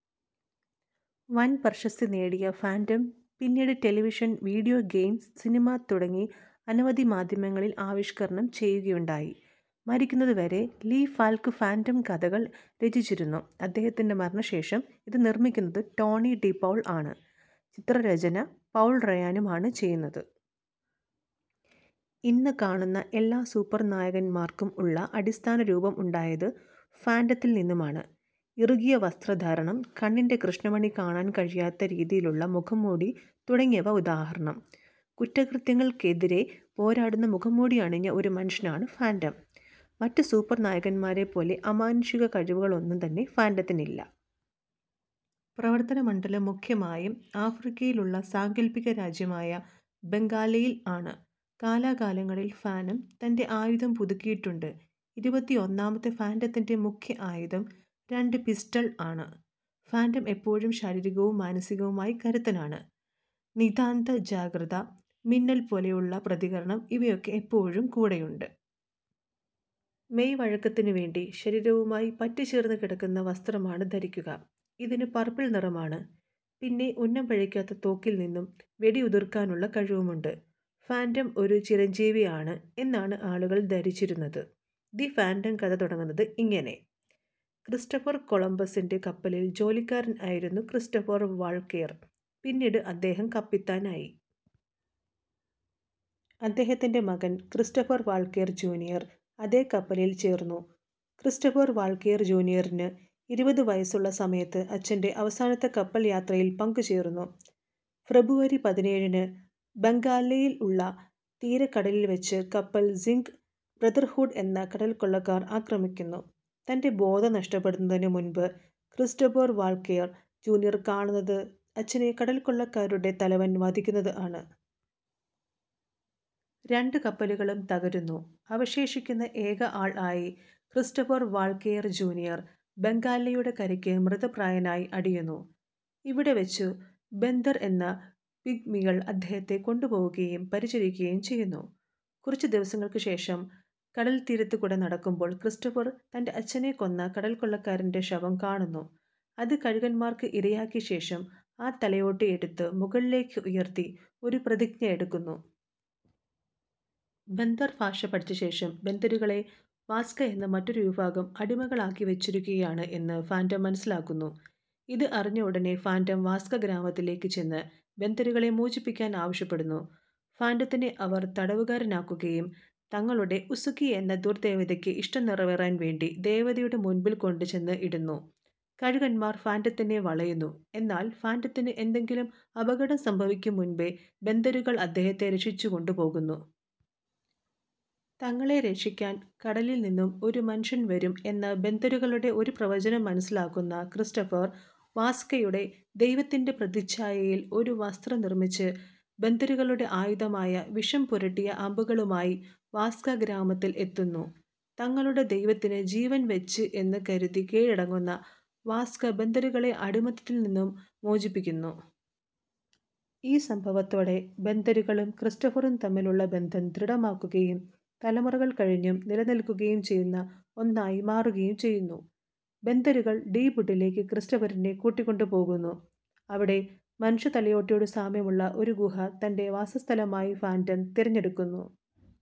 വൻ പ്രശസ്തി നേടിയ ഫാൻ്റം പിന്നീട് ടെലിവിഷൻ, വീഡിയോ ഗെയിം, സിനിമ തുടങ്ങി അനവധി മാധ്യമങ്ങളിൽ ആവിഷ്കരണം ചെയ്യുകയുണ്ടായി. മരിക്കുന്നത് വരെ ലീ ഫാൽക് ഫാൻ്റം കഥകൾ രചിച്ചിരുന്നു. അദ്ദേഹത്തിൻ്റെ മരണശേഷം ഇത് നിർമ്മിക്കുന്നത് ടോണി ഡിപൌൾ ആണ്, ചിത്രരചന പൗൾ റയാനും ആണ് ചെയ്യുന്നത്. ഇന്ന് കാണുന്ന എല്ലാ സൂപ്പർ നായകൻമാർക്കും ഉള്ള അടിസ്ഥാന രൂപം ഉണ്ടായത് ഫാൻ്റത്തിൽ നിന്നുമാണ്. ഇറുകിയ വസ്ത്രധാരണം, കണ്ണിൻ്റെ കൃഷ്ണമണി കാണാൻ കഴിയാത്ത രീതിയിലുള്ള മുഖംമൂടി തുടങ്ങിയവ ഉദാഹരണം. കുറ്റകൃത്യങ്ങൾക്കെതിരെ പോരാടുന്ന മുഖംമൂടി അണിഞ്ഞ ഒരു മനുഷ്യനാണ് ഫാൻ്റം. മറ്റു സൂപ്പർ നായകന്മാരെ പോലെ അമാനുഷിക കഴിവുകളൊന്നും തന്നെ ഫാൻ്റത്തിനില്ല. പ്രവർത്തന മണ്ഡലം മുഖ്യമായും ആഫ്രിക്കയിൽ ഉള്ള സാങ്കല്പിക രാജ്യം ആയ ബംഗാല്ലയിൽ ആണ്. കാല കാലങ്ങളിൽ ഫാനം തൻ്റെ ആയുധം പുതുക്കിയിട്ടുണ്ട് ഇരുപത്തി ഒന്നാമത്തെ ഫാൻ്റത്തിൻ്റെ മുഖ്യ ആയുധം രണ്ട് പിസ്റ്റൾ ആണ്. ഫാൻ്റം എപ്പോഴും ശാരീരികവും മാനസികവുമായി കരുത്തനാണ്, നിദാന്ത ജാഗ്രത, മിന്നൽ പോലെ ഉള്ള പ്രതികരണം ഇവയൊക്കെ എപ്പോഴും കൂടെയുണ്ട്. മെയ് വഴക്കത്തിനു വേണ്ടി ശരീരവുമായി പറ്റിച്ചേർന്നു കിടക്കുന്ന വസ്ത്രമാണ് ധരിക്കുക, ഇതിനു പർപിൾ നിറമാണ്. പിന്നെ ഉന്നം പിഴക്കാത്ത തോക്കിൽ നിന്നും വെടി ഉതിർക്കാനുള്ള കഴിവുമുണ്ട്. ഫാൻ്റം ഒരു ചിരഞ്ജീവി ആണ് എന്നാണ് ആളുകൾ ധരിച്ചിരുന്നത്. ദി ഫാൻ്റം കഥ തുടങ്ങുന്നത് ഇങ്ങനെ: ക്രിസ്റ്റഫർ കൊളംബസ്സിൻ്റെ കപ്പലിൽ ജോലിക്കാരൻ ആയിരുന്നു ക്രിസ്റ്റഫർ വാൾകേർ, പിന്നീട് അദ്ദേഹം കപ്പിത്താൻ ആയി. അദ്ദേഹത്തിൻ്റെ മകൻ ക്രിസ്റ്റഫർ വാൾകേർ ജൂനിയർ അതെ കപ്പലിൽ ചേർന്നു. ക്രിസ്റ്റഫർ വാൾകേർ ജൂനിയറിനു ഇരുപതു വയസുള്ള സമയത്ത് അച്ഛൻ്റെ അവസാനത്തെ കപ്പൽ യാത്രയിൽ പങ്കുചേർന്നു. ഫ്രബുവരി പതിനേഴിന് ബംഗാല്ലയിൽ ഉള്ള തീര കടലിൽ വെച്ചു കപ്പൽ സിംഗ് ബ്രദർഹൂഡ് എന്ന കടൽക്കൊള്ളക്കാർ അക്രമിക്കുന്നു. തൻ്റെ ബോധം നഷ്ടപ്പെടുന്നതിനു മുൻപ് ക്രിസ്റ്റഫർ വാൾകേർ ജൂനിയർ കാണുന്നത് അച്ഛനെ കടൽക്കൊള്ളക്കാരുടെ തലവൻ വധിക്കുന്നത് ആണ്. രണ്ടു കപ്പലുകളും തകരുന്നു, അവശേഷിക്കുന്ന ഏക ആൾ ആയി ക്രിസ്റ്റഫർ വാൾകേർ ജൂനിയർ ബംഗാല്ലയുടെ കരയ്ക്ക് മൃതപ്രായനായി അടിയുന്നു. ഇവിടെ വെച്ചു ബന്ദർ എന്ന പിഗ്മികൾ അദ്ദേഹത്തെ കൊണ്ട് പോകുകയും പരിചരികുകയും ചെയ്യുന്നു. കുറച്ചു ദിവസങ്ങൾക് ശേഷം കടൽ തിരത്ത് കൂടെ നടക്കുമ്പോൾ ക്രിസ്റ്റഫർ തൻ്റെ അച്ഛനെ കൊന്ന കടൽക്കൊള്ളകാരൻ്റെ ശവം കാണുന്നു, അത് കഴുകന്മാർക് ഇരയാക്കിയശേഷം, ആ തലയോട്ടി എടുത്തു മുകളിലേക് ഉയർത്തി ഒരു പ്രതിജ്ഞ എടുക്കുന്നു. ബന്ദർ ഭാഷ പഠിച്ചശേഷം ബന്ദരുകളെ വാസ്ക എന്ന മറ്റൊരു വിഭാഗം, അടിമകൾ ആക്കി വെച്ചിരിക്കുകയാണ് എന്ന് ഫാൻ്റം മനസ്സിലാക്കുന്നു. ഇത് അറിഞ്ഞ ഉടനെ ഫാൻ്റം വാസ്ക ഗ്രാമത്തിലേക് ചെന്ന് ബന്ദരുകളെ മോചിപ്പിക്കാൻ ആവശ്യപ്പെടുന്നു. ഫാൻ്റത്തിനെ അവർ തടവുകാരൻ ആക്കുകയും തങ്ങളുടെ ഉസുകി എന്ന ദുർദേവതക്ക് ഇഷ്ടം നിറവേറാൻ വേണ്ടി ദേവതയുടെ മുൻപിൽ കൊണ്ട് ചെന്ന് ഇടുന്നു, കഴുകന്മാർ ഫാൻ്റത്തിനെ വളയുന്നു എന്നാൽ ഫാൻ്റത്തിനു എന്തെകിലും അപകടം സംഭവിക്കും മുൻപേ ബന്ദരുകൾ അദ്ദേഹത്തെ രക്ഷിച്ചു കൊണ്ട് പോകുന്നു. തങ്ങളെ രക്ഷിക്കാൻ കടലിൽ നിന്നും ഒരു മനുഷ്യൻ വരും എന്ന ബന്ദരുകളുടെ ഒരു പ്രവചനം മനസ്സിലാക്കുന്ന ക്രിസ്റ്റഫർ വാസ്കയുടെ ദൈവത്തിൻ്റെ പ്രതിച്ചായയിൽ ഒരു വസ്ത്രം നിർമിച്ച് ബന്ദരുകളുടെ ആയുധമായ വിഷം പുരട്ടിയ അമ്പുകളുമായി വാസ്ക ഗ്രാമത്തിൽ എത്തുന്നു. തങ്ങളുടെ ദൈവത്തിനു ജീവൻ വെച്ച് എന്ന് കരുതി കീഴടങ്ങുന്ന വാസ്ക ബന്ദരുകളെ അടിമത്തത്തിൽ നിന്നും മോചിപ്പിക്കുന്നു. ഈ സംഭവത്തോടെ ബന്ദരുകളും ക്രിസ്റ്റഫറും തമ്മിൽ ഉള്ള ബന്ധം ദൃഢമാക്കുകയും തലമുറകൾ കഴിഞ്ഞും നിലനിൽക്കുകയും ചെയുന്ന ഒന്നായി മാറുകയും ചെയ്യുന്നു. ബന്ദരുകൾ ഡീപുഡിലേക്ക് ക്രിസ്റ്റഫരിനെ കൂട്ടികൊണ്ട് പോകുന്നു. അവിടെ മനുഷ്യ തലയോട്ടിയോട് സാമ്യം ഉള്ള ഒരു ഗുഹ തൻ്റെ വാസസ്ഥലമായി ഫാൻ്റം തിരഞ്ഞെടുക്കുന്നു.